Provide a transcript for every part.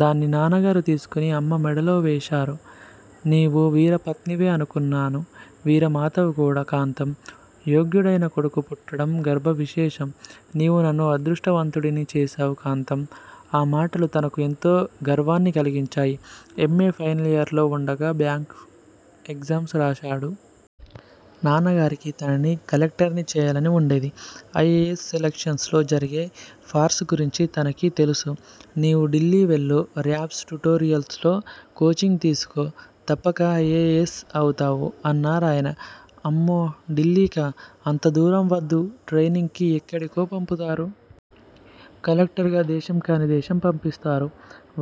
దాన్ని నాన్నగారు తీసుకుని అమ్మ మెడలో వేశారు! నీవు వీరపత్నివే అనుకొన్నాను వీరమాతావు కూడా! కాంతం! యోగ్యుడైన కొడుడు పుట్టటం గర్భ విశేషం నీ వు నన్ను అదృష్టవంతుడిని చేశావు కాంతం ఆ మాటలు తనకు ఎంతో గర్వాన్ని కలిగించాయి. ఎంఏ ఫైనలియర్ లో వుండగా బ్యాంక్ ఎగ్జామ్స్ రాశాడు! నాన్నగారికి తనని కలెక్టర్ని చేయాలని వుండేది. ఐ. ఏ. యస్. సెలక్షన్స్ లో జరిగే ఫార్సు గురించి తనకి తెలుసు నీవు డిల్లి వెళ్ళు రాప్స్ ట్యుటోరియల్స్ లో కోచింగ్ తీసుకో తప్పక ఐ. ఏ. యస్. అవుతావు అన్నారాయన. అమ్మో! డిల్లికా! అంతదూరం వద్దు, ట్రైనింగ్ కి ఎక్కడికో పంపుతారు. కలెక్టర్ గా దేశం కానీ దేశం పంపిస్తారు.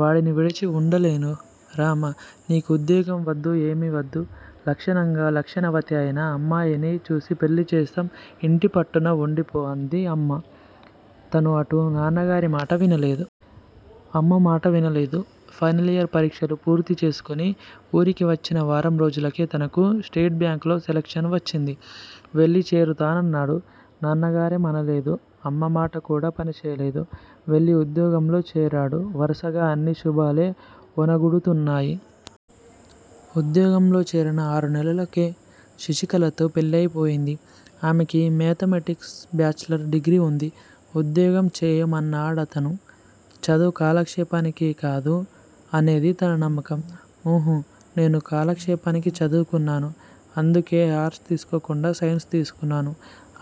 వాడిని విడిచి వుండలేను. రామా! నీకు ఉద్యోగం వద్దు ఏమి వద్దు లక్షణంగా లక్షణవతి అయిన అమ్మాయిని చూసి పెళ్ళి చేస్తాం. ఇంటి పట్టున వుండిపో అంది అమ్మ. తను అటూ నాన్న గారి మాట వినలేదు. అమ్మ మాట వినలేదు. ఫైనలియర్ పరిక్షలు పూర్తి చేసుకుని ఊరికి వచ్చిన వారం రోజులకే తనకు స్టేట్ బ్యాంక్ లో సెలక్షన్ వచ్చింది. వెళ్ళి చేరతానన్నాడు. నాన్నగారేం అనలేదు. అమ్మ మాట కూడా పని చేయలేదు. వెళ్ళి ఉద్యోగంలో చేరాడు వరుసగా అన్ని శుభాలే ఒనగుడుతున్నాయి. ఉద్యోగంలో చేరిన ఆరు నేలలకే శశికళ తో పెళ్ళయిపోయింది. ఆమెకి మేధామేటిక్స్ బాచిలర్ డిగ్రి ఉంది. ఉద్యోగం చేయమన్నాడతను, చదువు కాలక్షేపానికి కాదు అనేది తన నమ్మకం. ఉహూ! నేను కాలక్షేపానికి చదువుకున్నాను అందుకే అర్స్ తీసుకోకుండా సైన్స్ తీసుకున్నాను.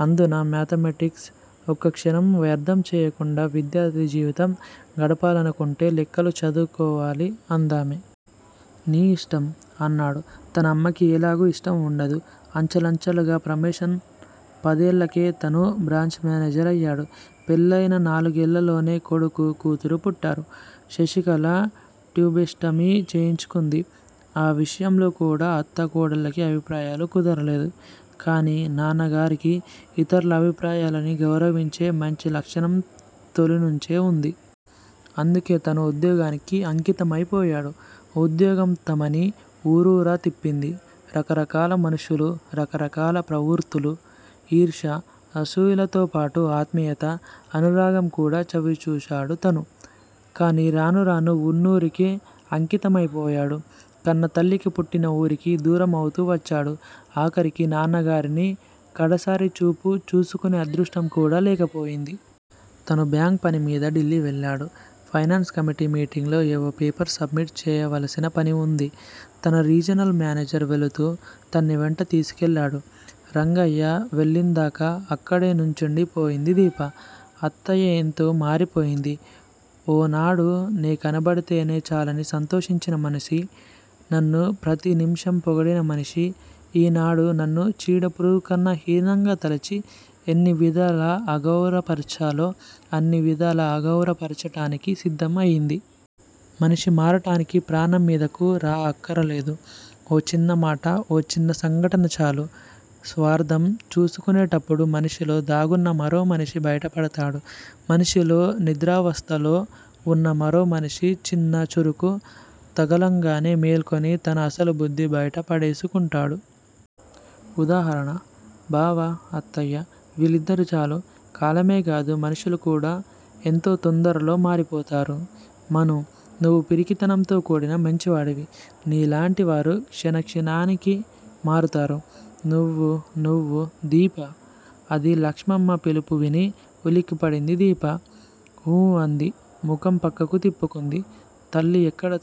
అందునా మేధామేటిక్స్. ఒక్క క్షణం వ్యర్ధం చెయ్యకుండా విద్యార్ధి జీవితం గడపాలనుకుంటే లెక్కలు చదువుకోవాలి అందామె. నీ ఇష్టం! అన్నాడు తను అమ్మకి ఎలాగూ ఇష్టం వుండదు. అంచెలంచెలుగా ప్రమోషన్ పదేళ్ళకే తను బ్రాంచి మేనేజర్ అయ్యాడు. పెళ్ళయిన నాలుగేళ్ళలోనే కొడుకు కూతురు పుట్టారు. శశికళ ట్యుబేక్టమి చేయించుకుంది. ఆ విషయంలో కూడా అత్తా కోడళ్ళకి అభిప్రాయాలు కుదరలేదు. కానీ నాన్నగారికి ఇతర్ల అభిప్రాయాలని గౌరవించే మంచి లక్షణం తొలి నుంచే వుంది. అందుకే తను ఉద్యోగానికి అంకితమై పోయాడు. ఉద్యోగం తమని ఊరూరా తిప్పింది. రకరకాల మనుషులు. రకరకాల ప్రవృత్తులు ఈర్ష్య, అసుయలతో పాటు ఆత్మీయత, అనురాగం కూడా చవి చూశాడు తను. కానీ రాను రానూ వున్నురికే అంకితమైపోయాడు. కన్నతల్లికి పుట్టిన ఊరికి దూరమవుతూ వచ్చాడు. ఆఖరికి నాన్నగారిని కడసారి చూపు చూసుకునే అదృష్టం కూడా లేకపోయింది. తను బ్యాంక్ పని మీద డిల్లి వెళ్ళాడు. పైనాన్స్ కమిటి మీటింగ్ లో ఏవో పేపర్స్ సబ్మిట్ చేయవలసిన పని వుంది. తన రీజనల్ మేనేజర్ వెళుతూ తన్ని వెంట తీసుకెళ్ళాడు. రంగయ్య వెళ్ళిందాకా అక్కడే నుంచుండి పోయింది దీప. అత్తయ్య ఎంత మారిపోయింది. ఓనాడు నే కనపడితేనే చాలని సంతోషించిన మనిషి నన్ను ప్రతి నిమిషం పొగిడిన మనిషి ఈనాడు నన్ను చీడ పురుగుకన్నా హీనంగా తలచి ఎన్ని విధాల అగౌరపర్చాలో అన్ని విధాలా అగౌర పర్చటానికి సిద్ధం అయింది. మనిషి మారటానికి ప్రాణం మీదకు రా అక్కరలేదు. ఓ చిన్నమాట, ఓ చిన్న సంఘటన చాలు. స్వార్ధం చూసుకునేటప్పుడు మనిషిలో దాగున్న మరో మనిషి బైట పడతాడు. మనిషిలో నిద్రావస్తలో వున్న మరో మనిషి చిన్న చురుకు తగలంగానే మేల్కొని తన అసలు బుద్ధి బైట పడేసుకుంటాడు. ఉదాహరణ బావ, అత్తయ్య వీళ్ళిద్దరూ చాలు. కాలమే గాదు మనుషులు కూడా ఎంత తొందరలో మారిపోతారు. మనూ! నువ్వు పిరికితనంతో కూడిన మంచివాడివి. నీలాంటి వారు క్షణక్షణానికి మారుతారు. నువ్వు నువ్వు దీపా! ఆది లక్ష్మమ్మ పిలుపువిని ఉలిక్కిపడింది దీప. ఊ అంది ముఖం పక్కకు తిప్పుకుంది. తల్లి ఎక్కడ తన